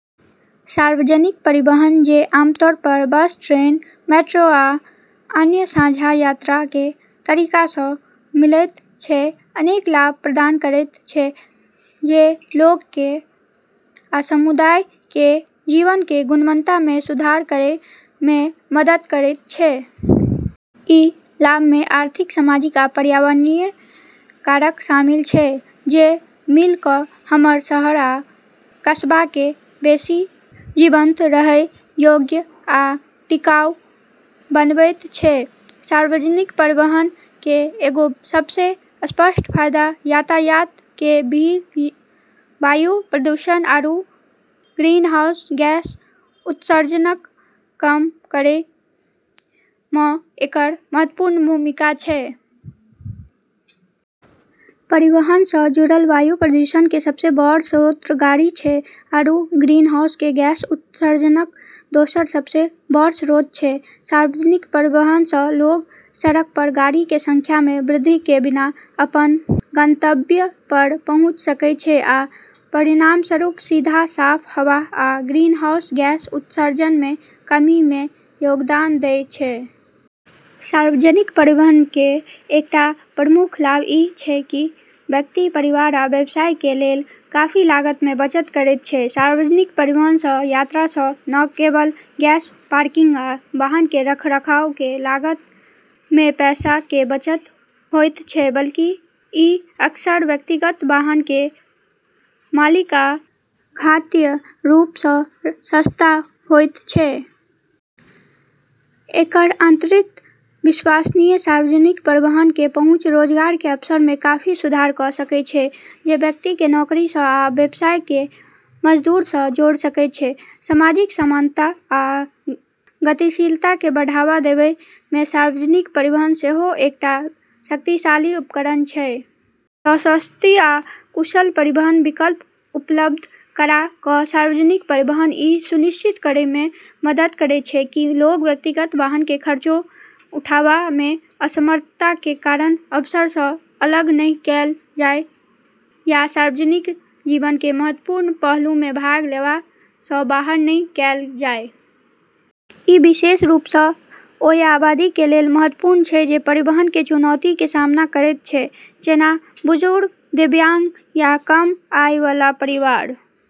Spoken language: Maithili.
सार्वजनिक परिवहन, जे आमतौर पर बस, ट्रेन, मेट्रो, आ अन्य साझा यात्रा के तरीका सँ मिलैत छै, अनेक लाभ प्रदान करैत छै जे लोग के आ समुदाय के जीवन के गुणवत्ता मे सुधार करय मे मदद करैत छै। ई लाभ मे आर्थिक, सामाजिक आ पर्यावरणीय कारक शामिल छै जे मिल कऽ हमर शहर आ कस्बा के बेसि जीवंत, रहय योग्य आ टिकाऊ बनवैत छै। सार्वजनिक परिवहन के एगो सबसें स्पष्ट फायदा यातायात के भीड़, वायु प्रदूषण, आरू ग्रीनहाउस गैस उत्सर्जन क॑ कम करै म॑ एकर महत्वपूर्ण भूमिका छै। परिवहन सँ जुड़ल वायु प्रदूषण के सबसें बड़ऽ स्रोत गाड़ी छै आरू ग्रीनहाउस गैस उत्सर्जन के दोसरऽ सबसें बड़ऽ स्रोत छै। सार्वजनिक परिवहन सँ लोग सड़क पर गाड़ी के संख्या मे वृद्धि के बिना अपन गंतव्य पर पहुँच सकय छै आ परिणामस्वरूप, सीधा साफ हवा आ ग्रीनहाउस गैस उत्सर्जन मे कमी मे योगदान दै छै। सार्वजनिक परिवहन के एकटा आ प्रमुख लाभ ई छै की ई व्यक्ति, परिवार आ व्यवसाय के लेल काफी लागत मे बचत करैत छै। सार्वजनिक परिवहन सँ यात्रा सँ न केवल गैस, पार्किंग, आ वाहन के रखरखाव के लागत मे पैसा के बचत होयत छै, बल्कि ई अक्सर व्यक्तिगत वाहन के मालिक आ संचालन सँ घातीय रूप सँ सस्ता होयत छै। एकर अतिरिक्त, विश्वसनीय सार्वजनिक परिवहन के पहुँच रोजगार के अवसर मे काफी सुधार कऽ सकय छै, जे व्यक्ति के नौकरी सँ आ व्यवसाय के मजदूर सँ जोड़ सकय छै। सामाजिक समानता आ गतिशीलता के बढ़ावा देवय मे सार्वजनिक परिवहन सेहो एकटा शक्तिशाली उपकरण छै। सस्ती आ कुशल परिवहन विकल्प उपलब्ध करा कऽ सार्वजनिक परिवहन ई सुनिश्चित करय मे मदद करैत छै की लोग व्यक्तिगत वाहन के खर्चा उठावा मे असमर्थता के कारण अवसर सँ अलग नहि कैल जाइ या सार्वजनिक जीवन के महत्वपूर्ण पहलू मे भाग लेवा सँ बाहर नहि कैल जाइ। ई विशेष रूप सँ ओय आबादी के लेल महत्वपूर्ण छै जे परिवहन के चुनौती के सामना करैत छै, जेना बुजुर्ग, दिव्यांग, या कम आय वाला परिवार।